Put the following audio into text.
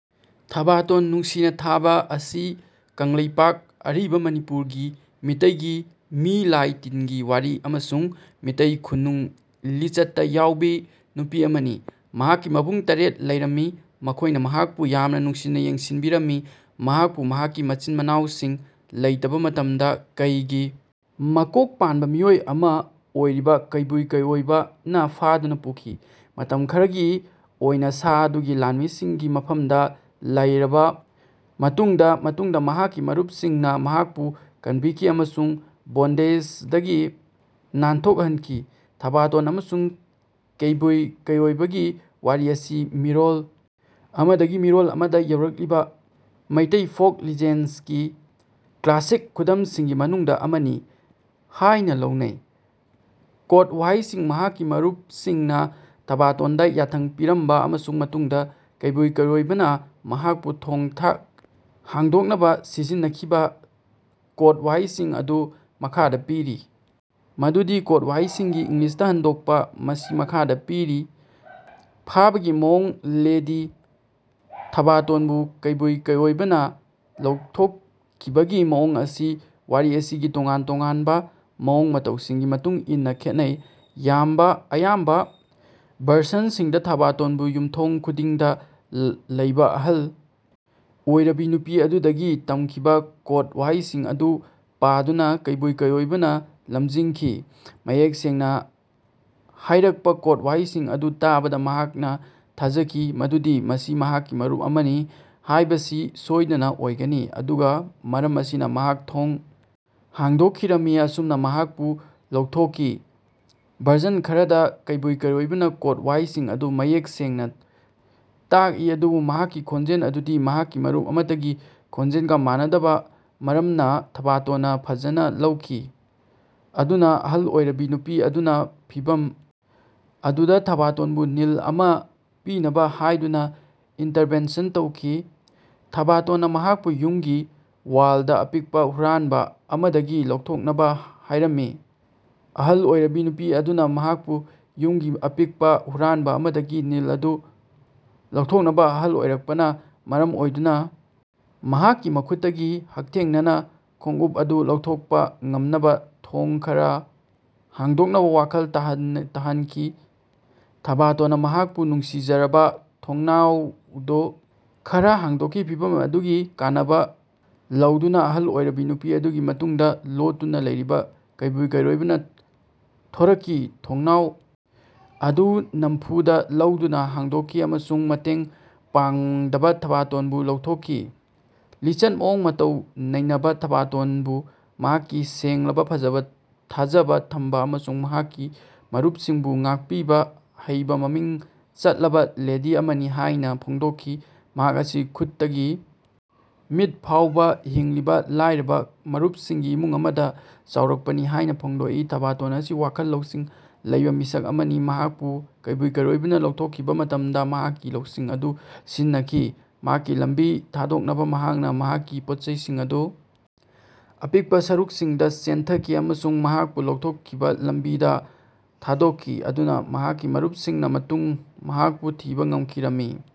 ꯊꯕꯥꯇꯣꯟ, ꯅꯨꯡꯁꯤꯅꯥ ꯊꯕꯥ, ꯑꯁꯤ ꯀꯪꯂꯩꯄꯥꯛ (ꯑꯔꯤꯕ ꯃꯅꯤꯄꯨꯔ)ꯒꯤ ꯃꯤꯇꯩꯒꯤ ꯃꯤ ꯂꯥꯢ ꯇꯤꯟꯒꯤ ꯋꯥꯔꯤ ꯑꯃꯁꯨꯡ ꯃꯤꯇꯩ ꯈꯨꯟꯅꯨꯡ ꯂꯤꯆꯠꯇ ꯌꯥꯎꯕꯤ ꯅꯨꯄꯤ ꯑꯃꯅꯤ꯫ ꯃꯍꯥꯛꯀꯤ ꯃꯕꯨꯡ ꯇꯔꯦꯠ꫰ꯂꯩꯔꯝꯃꯤ꯫ ꯃꯈꯣꯏꯅ ꯃꯍꯥꯛꯄꯨ ꯌꯥꯝꯅ ꯅꯨꯡꯁꯤꯅ ꯌꯦꯡꯁꯤꯟꯕꯤꯔꯝꯃꯤ꯫ ꯃꯍꯥꯛꯄꯨ ꯃꯍꯥꯛꯀꯤ ꯃꯆꯤꯟ-ꯃꯅꯥꯎꯁꯤꯡ ꯂꯩꯇꯕ ꯃꯇꯝꯗ ꯀꯩꯒꯤ ꯃꯀꯣꯛ ꯄꯥꯟꯕ ꯃꯤꯑꯣꯏ ꯑꯃ ꯑꯣꯏꯔꯤꯕ ꯀꯩꯕꯨ ꯀꯩꯑꯣꯢꯕꯅ ꯐꯥꯗꯨꯅ ꯄꯨꯈꯤ꯫ ꯃꯇꯝ ꯈꯔꯒꯤ ꯑꯣꯏꯅꯥ ꯁꯥ ꯑꯗꯨꯒꯤ ꯂꯥꯟꯃꯤꯒꯤ ꯃꯐꯝꯗꯥ ꯂꯩꯔꯕꯥ ꯃꯇꯨꯡꯗꯥ ꯃꯇꯨꯡꯗꯥ ꯃꯍꯥꯛꯀꯤ ꯃꯔꯨꯄꯁꯤꯡꯅꯥ ꯃꯍꯥꯀꯄꯨ ꯀꯟꯕꯤꯈꯤ ꯑꯃꯁꯨꯡ ꯕꯣꯟꯗꯦꯖꯗꯒꯤ ꯅꯥꯟꯊꯣꯀꯍꯟꯈꯤ꯫ ꯊꯥꯕꯇꯣꯟ ꯑꯃꯁꯨꯡ ꯀꯦꯏꯕꯨ ꯀꯦꯏꯑꯣꯏꯕꯥꯒꯤ ꯋꯥꯔꯤ ꯑꯁꯤ ꯃꯤꯔꯣꯜ ꯑꯃꯗꯒꯤ ꯃꯤꯔꯣꯜ ꯑꯃꯗꯥ ꯌꯧꯔꯛꯂꯤꯕꯥ ꯃꯦꯏꯇꯦꯏ ꯐꯣꯛ ꯂꯤꯖꯦꯟꯁꯀꯤ ꯀ꯭ꯂꯥꯁꯤꯛ ꯈꯨꯗꯝꯁꯤꯡꯒꯤ ꯃꯅꯨꯡꯗꯥ ꯑꯃꯅꯤ ꯍꯥꯌꯅꯥ ꯂꯧꯅꯩ꯫ ꯀꯣꯗ ꯋꯥꯍꯩꯁꯤꯡ ꯃꯍꯥꯛꯀꯤ ꯃꯔꯨꯄꯁꯤꯡꯅꯥ ꯊꯥꯕꯇꯣꯟꯗꯥ ꯌꯥꯊꯪ ꯄꯤꯔꯝꯕꯥ ꯑꯃꯁꯨꯡ ꯃꯇꯨꯡꯗꯥ ꯀꯦꯏꯕꯨ ꯀꯦꯏꯑꯣꯏꯕꯥꯅ ꯃꯍꯥꯀꯄꯨ ꯊꯣꯡ ꯍꯥꯡꯗꯣꯛꯅꯕꯥ ꯁꯤꯖꯤꯟꯅꯈꯤꯕꯥ ꯀꯣꯗ ꯋꯥꯍꯩꯁꯤꯡ ꯑꯗꯨ ꯃꯈꯥꯗꯥ ꯄꯤꯔꯤ ꯃꯗꯨꯗꯤ ꯀꯣꯗ ꯋꯥꯍꯩꯁꯤꯡꯒꯤ ꯏꯪꯂꯤꯁꯇꯥ ꯍꯟꯗꯣꯀꯄꯥ ꯑꯁꯤ ꯃꯈꯥꯗꯥ ꯄꯤꯔꯤ ꯐꯥꯕꯒꯤ ꯃꯑꯣꯡ ꯂꯦꯗꯤ ꯊꯥꯕꯇꯟꯕꯨ ꯀꯦꯏꯕꯨ ꯀꯦꯏꯑꯣꯏꯕꯥꯅꯥ ꯂꯧꯊꯣꯛꯈꯤꯕꯒꯤ ꯃꯑꯣꯡ ꯑꯁꯤ ꯋꯥꯔꯤ ꯑꯁꯤꯒꯤ ꯇꯣꯉꯥꯟ ꯇꯣꯉꯥꯅꯕꯥ ꯃꯑꯣꯡ ꯃꯇꯧꯁꯤꯡꯒꯤ ꯃꯇꯨꯡ ꯏꯟꯅꯥ ꯈꯦꯠꯅꯩ꯫ ꯑꯌꯥꯝꯕꯥ ꯚꯔꯖꯟꯁꯤꯡꯗꯥ ꯊꯥꯕꯇꯣꯟꯕꯨ ꯌꯨꯃꯊꯣꯡ ꯈꯨꯗꯤꯡꯗꯥ ꯂꯩꯕꯥ ꯑꯍꯜ ꯑꯣꯏꯔꯕꯤ ꯅꯨꯄꯤ ꯑꯗꯨꯗꯒꯤ ꯇꯝꯈꯤꯕꯥ ꯀꯣꯗ ꯋꯥꯍꯩꯁꯤꯡ ꯑꯗꯨ ꯄꯥꯗꯨꯅꯥ ꯀꯦꯏꯕꯨ ꯀꯦꯏꯑꯣꯏꯕꯥꯅꯥ ꯂꯝꯖꯤꯡꯈꯤ꯫ ꯃꯌꯦꯛ ꯁꯦꯡꯅꯥ ꯍꯥꯏꯔꯛꯄꯥ ꯀꯣꯗ ꯋꯥꯍꯩꯁꯤꯡ ꯑꯗꯨ ꯇꯥꯕꯗꯥ ꯃꯍꯥꯛꯅꯥ ꯊꯥꯖꯈꯤ ꯃꯗꯨꯗꯤ ꯃꯁꯤ ꯃꯍꯥꯛꯀꯤ ꯃꯔꯨꯞ ꯑꯃꯅꯤ ꯍꯥꯏꯕꯁꯤ ꯁꯣꯏꯗꯅꯥ ꯑꯣꯏꯒꯅꯤ꯫ ꯑꯗꯨꯒ ꯃꯔꯝ ꯑꯁꯤꯅꯥ, ꯃꯍꯥꯛꯅ ꯊꯣꯉ ꯍꯥꯡꯗꯣꯛꯈꯤꯔꯝꯃꯤ꯫ ꯑꯁꯨꯝꯅꯥ ꯃꯍꯥꯛꯄꯨ ꯂꯧꯊꯣꯛꯈꯤ꯫ ꯚꯔꯖꯟ ꯈꯔꯗꯥ ꯀꯦꯏꯕꯨ ꯀꯦꯏꯑꯣꯏꯕꯥꯅ ꯀꯣꯗ ꯋꯥꯍꯩꯁꯤꯡ ꯑꯗꯨ ꯃꯌꯦꯛ ꯁꯦꯡꯅꯥ ꯇꯥꯀꯏ ꯑꯗꯨꯕꯨ ꯃꯍꯥꯛꯀꯤ ꯈꯣꯟꯖꯦꯜ ꯑꯗꯨꯗꯤ ꯃꯍꯥꯛꯀꯤ ꯃꯔꯨꯞ ꯑꯃꯠꯇꯒꯤ ꯈꯣꯟꯖꯦꯜꯒꯥ ꯃꯥꯟꯅꯗꯕ ꯃꯔꯝꯅꯥ ꯊꯥꯕꯇꯣꯟꯅꯥ ꯐꯖꯅ ꯂꯧꯈꯤ꯫ ꯑꯗꯨꯅꯥ, ꯑꯍꯜ ꯑꯣꯏꯔꯕꯤ ꯅꯨꯄꯤ ꯑꯗꯨꯅꯥ ꯐꯤꯚꯝ ꯑꯗꯨꯗꯥ ꯊꯕꯇꯣꯟꯕꯨ ꯅꯤꯜ ꯑꯃꯥ ꯄꯤꯅꯕꯥ ꯍꯥꯏꯗꯨꯅꯥ ꯏꯟꯇꯔꯚꯦꯟꯁꯟ ꯇꯧꯈꯤ꯫ ꯊꯥꯕꯇꯣꯟꯅꯥ ꯃꯍꯥꯛꯄꯨ ꯌꯨꯝꯒꯤ ꯋꯥꯂꯗꯥ ꯑꯄꯤꯛꯄꯥ ꯍꯨꯔꯥꯟꯕ ꯑꯃꯗꯒꯤ ꯂꯧꯊꯣꯛꯅꯕꯥ ꯍꯥꯏꯔꯝꯃꯤ꯫ ꯑꯍꯜ ꯑꯣꯏꯔꯕꯤ ꯅꯨꯄꯤ ꯑꯗꯨꯅꯥ ꯃꯍꯥꯛꯄꯨ ꯌꯨꯃꯒꯤ ꯑꯄꯤꯛꯄꯥ ꯍꯨꯔꯥꯟꯕꯥ ꯑꯃꯗꯒꯤ ꯅꯤꯜ ꯑꯗꯨ ꯂꯧꯊꯣꯛꯅꯕꯥ ꯑꯍꯜ ꯑꯣꯏꯔꯛꯄꯅꯥ ꯃꯔꯝ ꯑꯣꯏꯗꯨꯅꯥ ꯃꯍꯥꯛꯀꯤ ꯃꯈꯨꯠꯇꯒꯤ ꯍꯛꯊꯦꯡꯅꯅꯥ ꯈꯣꯉꯎꯞ ꯑꯗꯨ ꯂꯧꯊꯣꯀꯄꯥ ꯉꯝꯅꯕꯥ ꯊꯣꯉ ꯈꯔꯥ ꯍꯥꯡꯗꯣꯛꯅꯕꯥ ꯋꯥꯈꯜ ꯇꯥꯍꯅꯈꯤ꯫ ꯊꯥꯕꯇꯣꯟꯅꯥ ꯃꯍꯥꯛꯄꯨ ꯅꯨꯡꯁꯤꯖꯔꯒꯥ ꯊꯣꯉꯅꯥꯑꯣꯗꯨ ꯈꯔꯥ ꯍꯥꯡꯗꯣꯛꯈꯤ꯫ ꯐꯤꯚꯝ ꯑꯗꯨꯒꯤ ꯀꯥꯟꯅꯕꯥ ꯂꯧꯗꯨꯅꯥ ꯑꯍꯜ ꯑꯣꯏꯔꯕꯥ ꯅꯨꯄꯤ ꯑꯗꯨꯒꯤ ꯃꯇꯨꯡꯗꯥ ꯂꯣꯠꯇꯨꯅꯥ ꯂꯩꯔꯤꯕꯥ ꯀꯦꯏꯕꯨ ꯀꯦꯏꯑꯣꯏꯕꯥꯅ ꯊꯣꯔꯛꯈꯤ, ꯊꯣꯉꯅꯥꯎ ꯑꯗꯨ ꯅꯥꯝꯐꯨꯗ ꯇꯧꯗꯨꯅꯥ ꯍꯥꯡꯗꯣꯛꯈꯤ ꯑꯃꯁꯨꯡ ꯃꯇꯦꯡ ꯄꯥꯡꯗꯕ ꯊꯥꯕꯇꯣꯟꯕꯨ ꯂꯧꯊꯣꯛꯈꯤ꯫ ꯂꯤꯆꯠ ꯃꯑꯣꯡ ꯃꯇꯧ ꯅꯩꯅꯕ ꯊꯥꯕꯇꯣꯅꯕꯨ ꯃꯍꯥꯛꯀꯤ ꯁꯦꯡꯂꯕꯥ, ꯐꯖꯕꯥ, ꯊꯥꯖꯕꯥ ꯊꯝꯕꯥ ꯑꯃꯁꯨꯡ ꯃꯍꯥꯛꯀꯤ ꯃꯔꯨꯄꯁꯤꯡꯕꯨ ꯉꯥꯛꯄꯤꯕꯥ ꯍꯥꯏꯅꯥ ꯃꯃꯤꯡ ꯆꯠꯂꯕꯥ ꯂꯦꯗꯤ ꯑꯃꯅꯤ ꯍꯥꯌꯅꯥ ꯐꯣꯡꯗꯣꯛꯈꯤ꯫ ꯃꯍꯥꯛ ꯑꯁꯤ ꯈꯨꯠꯇꯒꯤ ꯃꯤꯠ ꯐꯥꯎꯕꯥ ꯍꯤꯡꯂꯤꯕ ꯂꯥꯏꯔꯕ ꯃꯔꯨꯞꯁꯤꯡꯒꯤ ꯏꯃꯨꯡ ꯑꯃꯗ ꯆꯥꯎꯔꯛꯄꯅꯤ ꯍꯥꯌꯅꯥ ꯐꯣꯡꯗꯣꯛꯏ꯫ ꯊꯥꯕꯇꯣꯟ ꯑꯁꯤ ꯋꯥꯈꯜ ꯂꯧꯁꯤꯡ ꯂꯩꯕꯥ ꯃꯤꯁꯛ ꯑꯃꯅꯤ꯫ ꯃꯍꯥꯛꯄꯨ ꯀꯦꯏꯕꯨ ꯀꯦꯏꯑꯣꯏꯕꯥꯅ ꯂꯧꯊꯣꯛꯈꯤꯕ ꯃꯇꯝꯗꯥ ꯃꯍꯥꯛꯀꯤ ꯂꯧꯁꯤꯡ ꯑꯗꯨ ꯁꯤꯖꯤꯟꯅꯈꯤ꯫ ꯃꯍꯥꯛꯀꯤ ꯂꯝꯕꯤ ꯊꯥꯗꯣꯛꯅꯕꯥ ꯃꯍꯥꯛꯅꯥ ꯃꯍꯥꯛꯀꯤ ꯄꯣꯠꯆꯩꯁꯤꯡ ꯑꯗꯨ ꯑꯄꯤꯛꯄꯥ ꯁꯔꯨꯛꯁꯤꯡꯗꯥ ꯆꯦꯟꯊꯈꯤ ꯑꯃꯁꯨꯡ ꯃꯍꯥꯛꯄꯨ ꯂꯧꯊꯣꯛꯈꯤꯕ ꯂꯝꯕꯤꯗ ꯊꯥꯗꯣꯛꯈꯤ ꯃꯗꯨꯅ ꯃꯍꯥꯛꯀꯤ ꯃꯔꯨꯄꯁꯤꯡꯅ ꯇꯨꯡꯗ ꯃꯍꯥꯀꯄꯨ ꯊꯤꯕꯥ ꯉꯝꯈꯤꯔꯝꯃꯤ꯫